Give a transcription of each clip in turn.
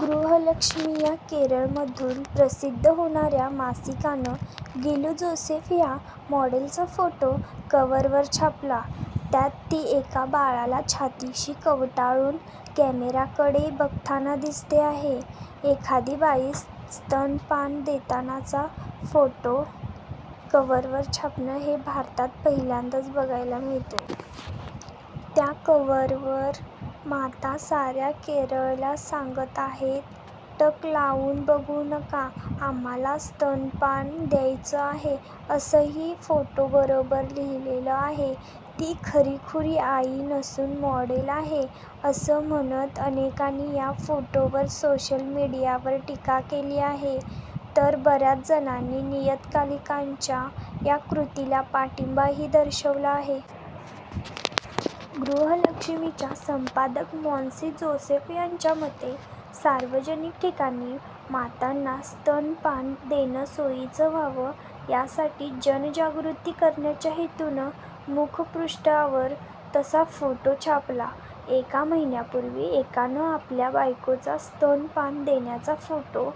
गृहलक्ष्मी या केरळमधून प्रसिद्ध होणाऱ्या मासिकानं गिलू जोसेफ या मॉडेलचा फोटो कव्हरवर छापला. त्यात ती एका बाळाला छातीशी कवटाळून कॅमेराकडे बघताना दिसते आहे. एखादी बाई स्तनपान देतानाचा फोटो कव्हरवर छापणं हे भारतात पहिल्यांदाच बघायला मिळतंय. त्या कव्हरवर माता साऱ्या केरळला सांगत आहेत टक लावून बघू नका, आम्हाला स्तनपान द्यायचं आहे, असंही फोटोबरोबर लिहिलेलं आहे. ती खरीखुरी आई नसून मॉडेल आहे, असं म्हणत अनेकांनी या फोटोवर सोशल मीडियावर टीका केली आहे, तर बऱ्याच जणांनी नियतकालिकाच्या या कृतीला पाठिंबाही दर्शवला आहे. गृहलक्ष्मीच्या संपादक मॉन्सी जोसेफ यांच्या मते, सार्वजनिक ठिकाणी मातांना स्तनपान देणं सोयीचं व्हावं यासाठी जनजागृती करण्याच्या हेतूनं मुखपृष्ठावर तसा फोटो छापला. एका महिन्यापूर्वी एकानं आपल्या बायकोचा स्तनपान देतानाचा फोटो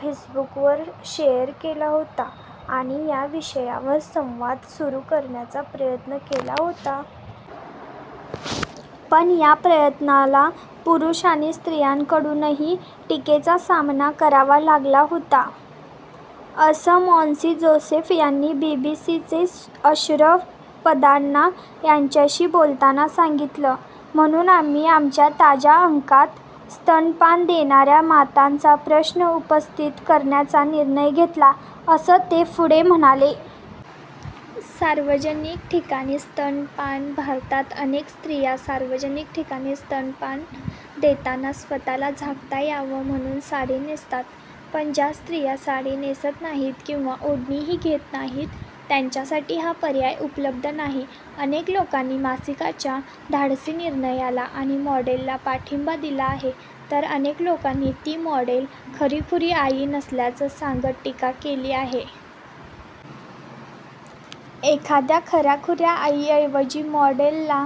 फेसबुकवर शेअर केला होता आणि या विषयावर संवाद सुरू करण्याचा प्रयत्न केला होता. पण या प्रयत्नाला पुरुष आणि स्त्रियांकडूनही टीकेचा सामना करावा लागला होता, असं मॉन्सी जोसेफ यांनी बीबीसीचे अशरफ पदान्ना यांच्याशी बोलताना सांगितलं. म्हणून आम्ही आमच्या ताज्या अंकात स्तनपान देणाऱ्या मातांचा प्रश्न उपस्थित करण्याचा निर्णय घेतला, असं ते पुढे म्हणाले. सार्वजनिक ठिकाणी स्तनपान भारतात अनेक स्त्रिया सार्वजनिक ठिकाणी स्तनपान देताना स्वतःला झाकता यावं म्हणून साडी नेसतात. पण ज्या स्त्रिया साडी नेसत नाहीत किंवा ओढणीही घेत नाहीत, त्यांच्यासाठी हा पर्याय उपलब्ध नाही. अनेक लोकांनी मासिकाच्या धाडसी निर्णयाला आणि मॉडेलला पाठिंबा दिला आहे, तर अनेक लोकांनी ती मॉडेल खरीखुरी आई नसल्याचं सांगत टीका केली आहे. एखाद्या खऱ्याखुऱ्या आईऐवजी मॉडेलला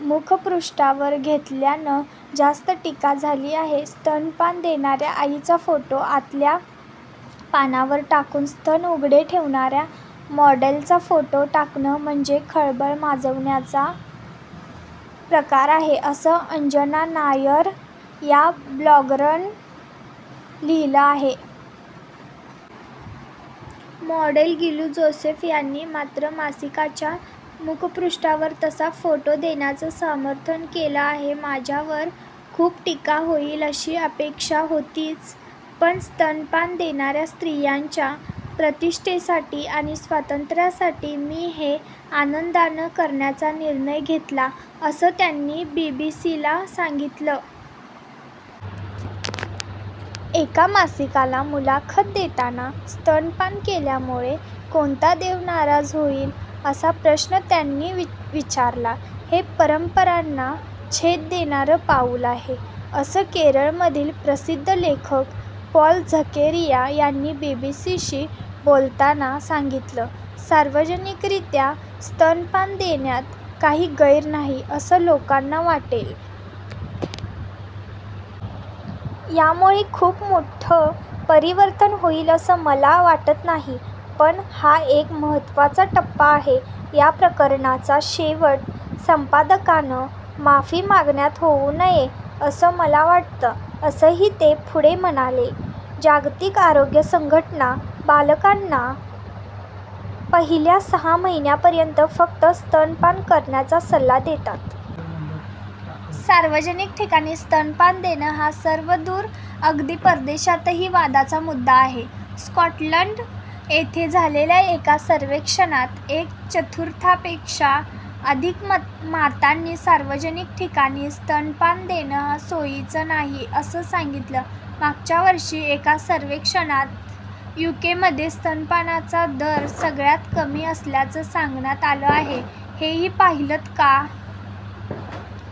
मुखपृष्ठावर घेतल्यानं जास्त टीका झाली आहे. स्तनपान देणाऱ्या आईचा फोटो आतल्या पानावर टाकून स्तन उघडे ठेवणाऱ्या मॉडेलचा फोटो टाकणं म्हणजे खळबळ माजवण्याचा प्रकार आहे, असं अंजना नायर या ब्लॉगरनं लिहिलं आहे. मॉडेल गिलू जोसेफ यांनी मात्र मासिकाच्या मुखपृष्ठावर तसा फोटो देण्याचं समर्थन केलं आहे. माझ्यावर खूप टीका होईल अशी अपेक्षा होतीच. पण स्तनपान देणाऱ्या स्त्रियांच्या प्रतिष्ठेसाठी आणि स्वातंत्र्यासाठी मी हे आनंदानं करण्याचा निर्णय घेतला, असं त्यांनी बीबीसीला सांगितलं. एका मासिकाला मुलाखत देतांना स्तनपान केल्यामुळे कोणता देव नाराज होईल? असा प्रश्न त्यांनी विचारला. हे परंपरांना छेद देणारं पाऊल आहे, असं केरळमधील प्रसिद्ध लेखक पॉल झकेरिया यांनी बीबीसीशी बोलताना सांगितलं. सार्वजनिकरित्या स्तनपान देण्यात काही गैर नाही, असं लोकांना वाटेल. यामुळे खूप मोठं परिवर्तन होईल असं मला वाटत नाही, पण हा एक महत्त्वाचा टप्पा आहे. या प्रकरणाचा शेवट संपादकानं माफी मागण्यात होऊ नये असं मला वाटतं, असंही ते पुढे म्हणाले. जागतिक आरोग्य संघटना बालकांना पहिल्या सहा महिन्यापर्यंत फक्त स्तनपान करण्याचा सल्ला देतात. सार्वजनिक ठिकाणी स्तनपान देणं हा सर्वदूर अगदी परदेशातही वादाचा मुद्दा आहे. स्कॉटलंड येथे झालेल्या एका सर्वेक्षणात एक चतुर्थांपेक्षा अधिक मातांनी सार्वजनिक ठिकाणी स्तनपान देणं सोयीचं नाही असं सांगितलं. मागच्या वर्षी एका सर्वेक्षणात यूकेमध्ये स्तनपानाचा दर सगळ्यात कमी असल्याचं सांगण्यात आलं आहे. हेही पाहिलंत का?